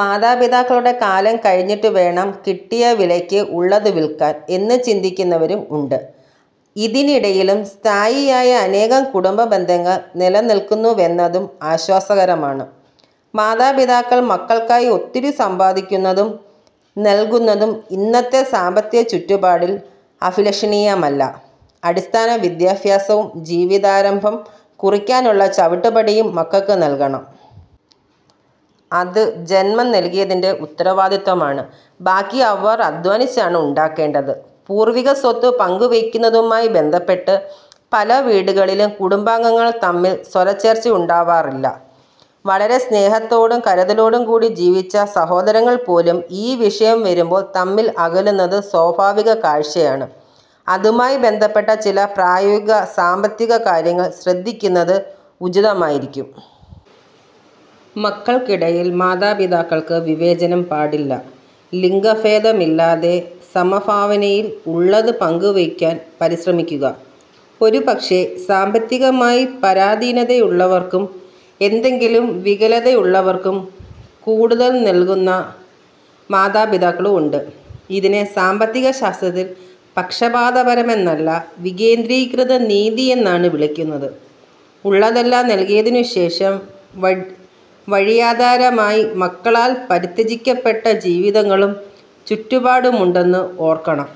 മാതാപിതാക്കളുടെ കാലം കഴിഞ്ഞിട്ട് വേണം കിട്ടിയ വിലയ്ക്ക് ഉള്ളത് വിൽക്കാൻ എന്ന് ചിന്തിക്കുന്നവരും ഉണ്ട്. ഇതിനിടയിലും സ്ഥായിയായ അനേകം കുടുംബ ബന്ധങ്ങൾ നിലനിൽക്കുന്നുവെന്നതും ആശ്വാസകരമാണ്. മാതാപിതാക്കൾ മക്കൾക്കായി ഒത്തിരി സമ്പാദിക്കുന്നതും നൽകുന്നതും ഇന്നത്തെ സാമ്പത്തിക ചുറ്റുപാടിൽ അഭിലഷണീയമല്ല. അടിസ്ഥാന വിദ്യാഭ്യാസവും ജീവിതാരംഭം കുറിക്കാനുള്ള ചവിട്ടുപടിയും മക്കൾക്ക് നൽകണം. അത് ജന്മം നൽകിയതിന്റെ ഉത്തരവാദിത്വമാണ്. ബാക്കി അവർ അദ്ധ്വാനിച്ചാണ് ഉണ്ടാക്കേണ്ടത്. പൂർവികസ്വത്ത് പങ്കുവയ്ക്കുന്നതുമായി ബന്ധപ്പെട്ട് പല വീടുകളിലും കുടുംബാംഗങ്ങൾ തമ്മിൽ സ്വരച്ചേർച്ചയുണ്ടാവാറില്ല. വളരെ സ്നേഹത്തോടും കരുതലോടും കൂടി ജീവിച്ച സഹോദരങ്ങൾ പോലും ഈ വിഷയം വരുമ്പോൾ തമ്മിൽ അകലുന്നത് സ്വാഭാവിക കാഴ്ചയാണ്. അതുമായി ബന്ധപ്പെട്ട ചില പ്രായോഗിക സാമ്പത്തിക കാര്യങ്ങൾ ശ്രദ്ധിക്കുന്നത് ഉചിതമായിരിക്കും. മക്കൾക്കിടയിൽ മാതാപിതാക്കൾക്ക് വിവേചനം പാടില്ല. ലിംഗഭേദമില്ലാതെ സമഭാവനയിൽ ഉള്ളത് പങ്കുവയ്ക്കുവാൻ പരിശ്രമിക്കുക. ഒരുപക്ഷേ സാമ്പത്തികമായി പരാധീനതയുള്ളവർക്കും എന്തെങ്കിലും വികലതയുള്ളവർക്കും കൂടുതൽ നൽകുന്ന മാതാപിതാക്കളും ഉണ്ട്. ഇതിനെ സാമ്പത്തിക ശാസ്ത്രത്തിൽ പക്ഷപാതപരമെന്നല്ല വികേന്ദ്രീകൃത നീതിയെന്നാണ് വിളിക്കുന്നത്. ഉള്ളതെല്ലാം നൽകിയതിനുശേഷം വഴിയാധാരമായി മക്കളാൽ പരിത്യജിക്കപ്പെട്ട ജീവിതങ്ങളും ചുറ്റുപാടുമുണ്ടെന്ന് ഓർക്കണം.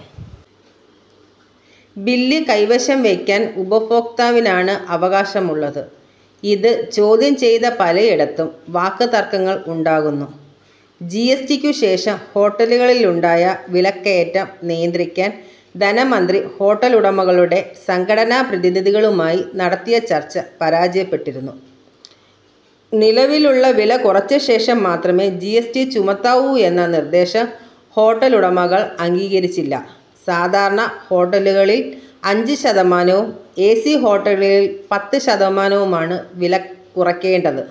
ബില്ല് കൈവശംവെയ്ക്കാന് ഉപഭോക്താവിനാണ് അവകാശമുള്ളത്. ഇത് ചോദ്യം ചെയ്ത പലയിടത്തും വാക്ക്തര്ക്കങ്ങള് ഉണ്ടാകുന്നു. ജിഎസ്ടിക്കുശേഷം ഹോട്ടലുകളിലുണ്ടായ വിലക്കയറ്റം നിയന്ത്രിക്കാന് ധനമന്ത്രി ഹോട്ടലുടമകളുടെ സംഘടനാപ്രതിനിധികളുമായി നടത്തിയ ചര്ച്ച പരാജയപ്പെട്ടിരുന്നു. നിലവിലുള്ള വിലകുറച്ചശേഷംമാത്രമെ ജിഎസ്ടി ചുമത്താവൂയെന്ന നിര്ദേശം ഹോട്ടലുടമകള് അംഗീകരിച്ചില്ല. സാധാരണ ഹോട്ടലുകളില് അഞ്ച് ശതമാനവും എസി ഹോട്ടലുകളില് പത്ത് ശതമാനവുമാണ് വിലകുറയ്ക്കേണ്ടത്.